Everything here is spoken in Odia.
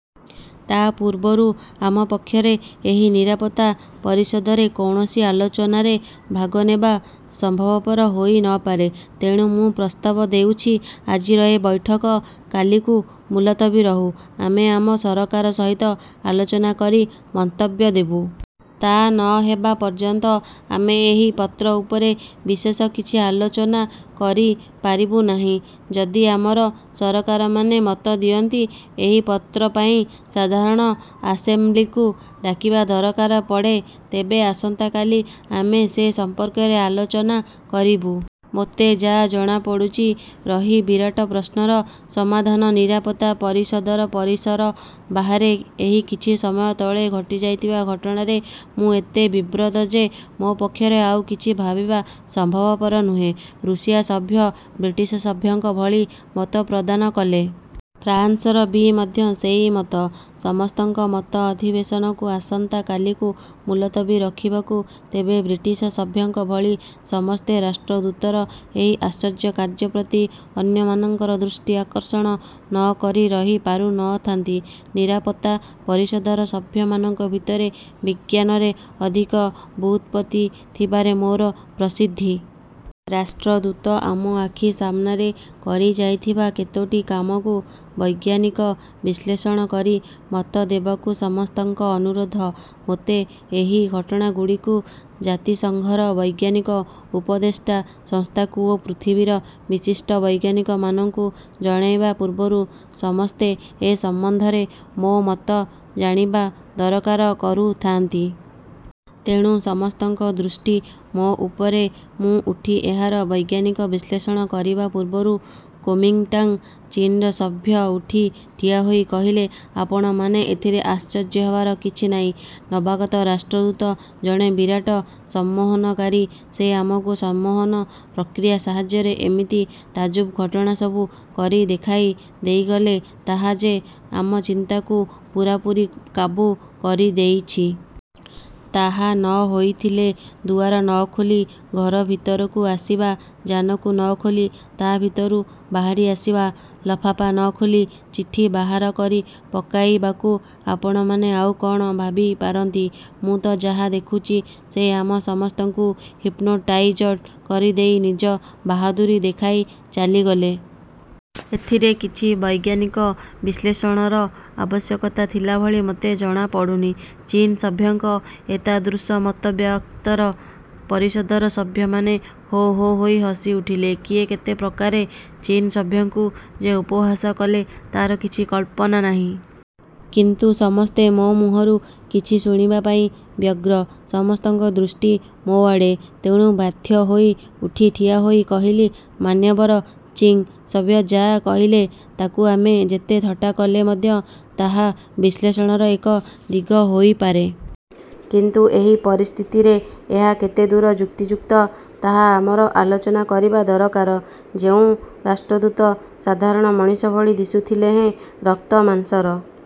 ତା ପୂର୍ବରୁ ଆମ ପକ୍ଷରେ ଏହି ନିରାପତ୍ତା ପରିଷଦରେ କୌଣସି ଆଲୋଚନାରେ ଭାଗ ନେବା ସମ୍ଭବପର ହୋଇ ନ ପାରେ। ତେଣୁ ମୁଁ ପ୍ରସ୍ତାବ ଦେଉଛି, ଆଜିର ଏ ବୈଠକ କାଲିକୁ ମୂଲତବୀ ରହୁ; ଆମେ ଆମ ସରକାର ସହିତ ଆଲୋଚନା କରି ମନ୍ତବ୍ୟ ଦେବୁ। ତା ନ ହେବା ପର୍ଯ୍ୟନ୍ତ ଆମେ ଏହି ପତ୍ର ଉପରେ ବିଶେଷ କିଛି ଆଲୋଚନା କରିପାରିବୁ ନାହିଁ। ଯଦି ଆମ ସରକାରମାନେ ମତ ଦିଅନ୍ତି, ଏହି ପତ୍ର ପାଇଁ ସାଧାରଣ ଆସେମ୍ବ୍ଲିକୁ ଡାକିବା ଦରକାର ପଡ଼େ, ତେବେ ଆସନ୍ତାକାଲି ଆମେ ସେ ସମ୍ପର୍କରେ ଆଲୋଚନା କରିବା। ମୋତେ ଯା' ଜଣାପଡ଼ୁଛି, ରହି ବିରାଟ ପ୍ରଶ୍ନର ସମାଧାନନିରାପତ୍ତା ପରିଷଦର ପରିସର ବାହାରେ। ଏହି କିଛି ସମୟ ତଳେ ଘଟିଯାଇଥିବା ଘଟଣାରେ ମୁଁ ଏତେ ବିବ୍ରତ ଯେ ମୋ ପକ୍ଷରେ ଆଉ କିଛି ଭାବିବା ସମ୍ଭବପର ନୁହେଁ। ଋଷିଆ ସଭ୍ୟ ବ୍ରିଟିଶ ସଭ୍ୟଙ୍କ ଭଳି ମତପ୍ରଦାନ କଲେ। ଫ୍ରାନ୍ସର ବି ମଧ୍ୟ ସେଇ ମତ। ସମସ୍ତଙ୍କ ମତ ଅଧିବେଶନକୁ ଆସନ୍ତା କାଲିକୁ ମୁଲତବୀ ରଖିବାକୁ। ତେବେ ବ୍ରିଟିଶ ସଭ୍ୟଙ୍କ ଭଳି ସମସ୍ତେ ରାଷ୍ଟ୍ରଦୂତର ଏହି ଆଶ୍ଚର୍ଯ୍ୟ କାର୍ଯ୍ୟ ପ୍ରତି ଅନ୍ୟମାନଙ୍କର ଦୃଷ୍ଟି ଆକର୍ଷଣ ନ କରି ରହି ପାରୁ ନ ଥାନ୍ତି। ନିରାପତ୍ତା ପରିଷଦର ସଭ୍ୟମାନଙ୍କ ଭିତରେ ବିଜ୍ଞାନରେ ଅଧିକ ବୁତ୍ପତ୍ତି ଥିବାରେ ମୋର ପ୍ରସିଦ୍ଧି। ରାଷ୍ଟ୍ରଦୂତ ଆମ ଆଖି ସାମ୍ନାରେ କରିଯାଇଥିବା କେତୋଟି କାମକୁ ବୈଜ୍ଞାନିକ ବିଶ୍ଳେଷଣକରି ମତ ଦେବାକୁ ସମସ୍ତଙ୍କ ଅନୁରୋଧ ମୋତେ। ଏହି ଘଟଣାଗୁଡ଼ିକୁ ଜାତିସଂଘର ବୈଜ୍ଞାନିକ ଉପଦେଷ୍ଟା ସଂସ୍ଥାକୁ ଓ ପୃଥିବୀର ବିଶିଷ୍ଟ ବୈଜ୍ଞାନିକମାନକୁ ଜଣାଇବା ପୂର୍ବରୁ ସମସ୍ତେ ଏ ସମ୍ବନ୍ଧରେ ମୋ ମତ ଜାଣିବା ଦରକାର କରୁଥାନ୍ତି। ତେଣୁ ସମସ୍ତଙ୍କ ଦୃଷ୍ଟି ମୋ ଉପରେ। ମୁଁ ଉଠି ଏହାର ବୈଜ୍ଞାନିକ ବିଶ୍ଳେଷଣ କରିବା ପୂର୍ବରୁ କୋମିଂଟାଙ୍ଗ୍ ଚୀନର ସଭ୍ୟ ଉଠି ଠିଆହୋଇ କହିଲେ, ''ଆପଣମାନେ ଏଥିରେ ଆଶ୍ଚର୍ଯ୍ୟ ହେବାର କିଛି ନାହିଁ। ନବାଗତ ରାଷ୍ଟ୍ରଦୂତ ଜଣେ ବିରାଟ ସମ୍ମୋହନକାରୀ। ସେ ଆମକୁ ସମ୍ମୋହନ ପ୍ରକ୍ରିୟା ସାହାଯ୍ୟରେ ଏମିତି ତାଜୁବ ଘଟଣାସବୁ କରି ଦେଖାଇ ଦେଇଗଲେ ତାହା ଯେ ଆମ ଚିନ୍ତାକୁ ପୂରାପୂରି କାବୁ କରିଦେଇଛି। ତାହା ନ ହୋଇଥିଲେ ଦୁଆର ନ ଖୋଲି ଘର ଭିତରକୁ ଆସିବା, ଯାନକୁ ନ ଖୋଲି ତା ଭିତରୁ ବାହାରି ଆସିବା, ଲଫାପା ନ ଖୋଲି ଚିଠି ବାହାରକରି ପକାଇବାକୁ ଆପଣମାନେ ଆଉ କଣ ଭାବିପାରନ୍ତି? ମୁଁ ତ ଯାହା ଦେଖୁଚି, ସେ ଆମ ସମସ୍ତଙ୍କୁ ହିପ୍ନୋଟାଇଜଡ଼୍ କରିଦେଇ ନିଜ ବାହାଦୁରି ଦେଖାଇ ଚାଲିଗଲେ। ଏଥିରେ କିଛି ବୈଜ୍ଞାନିକ ବିଶ୍ଳେଷଣର ଆବଶ୍ୟକତା ଥିଲା ଭଳି ମୋତେ ଜଣାପଡ଼ୁନି। '' ଚୀନ ସଭ୍ୟଙ୍କ ଏତାଦୃଶ ମତବ୍ୟକ୍ତର ପରିଷଦର ସଭ୍ୟମାନେ ହୋ' ହୋ' ହୋଇ 'ହସି ଉଠିଲେ। କିଏ କେତେ ପ୍ରକାରେ ଚୀନ ସଭ୍ୟଙ୍କୁ ଯେ ଉପହାସ କଲେ ତାର କିଛି କଳ୍ପନା ନାହିଁ। କିନ୍ତୁ ସମସ୍ତେ ମୋ ମୁହଁରୁ କିଛି ଶୁଣିବା ପାଇଁ ବ୍ୟଗ୍ର। ସମସ୍ତଙ୍କ ଦୃଷ୍ଟି ମୋ ଆଡ଼େ। ତେଣୁ ବାଧ୍ୟ ହୋଇ ଉଠି ଠିଆ ହୋଇ କହିଲି,'' ମାନ୍ୟବର ଚିଂ ସଭ୍ୟ ଯା' କହିଲେ ତାକୁ ଆମେ ଯେତେ ଥଟ୍ଟା କଲେ ମଧ୍ୟ ତାହା ବିଶ୍ଳେଷଣର ଏକ ଦିଗ ହୋଇପାରେ। କିନ୍ତୁ ଏହି ପରିସ୍ଥିତିରେ ଏହା କେତେ ଦୂର ଯୁକ୍ତିକୁକ୍ତ, ତାହା ଆମର ଆଲୋଚନା କରିବା ଦରକାର। ଯେଉଁ ରାଷ୍ଟ୍ରଦୂତ ସାଧାରଣ ମଣିଷ ଭଳି ଦିଶୁଥିଲେ ହେଁ ରକ୍ତ ମାଂସର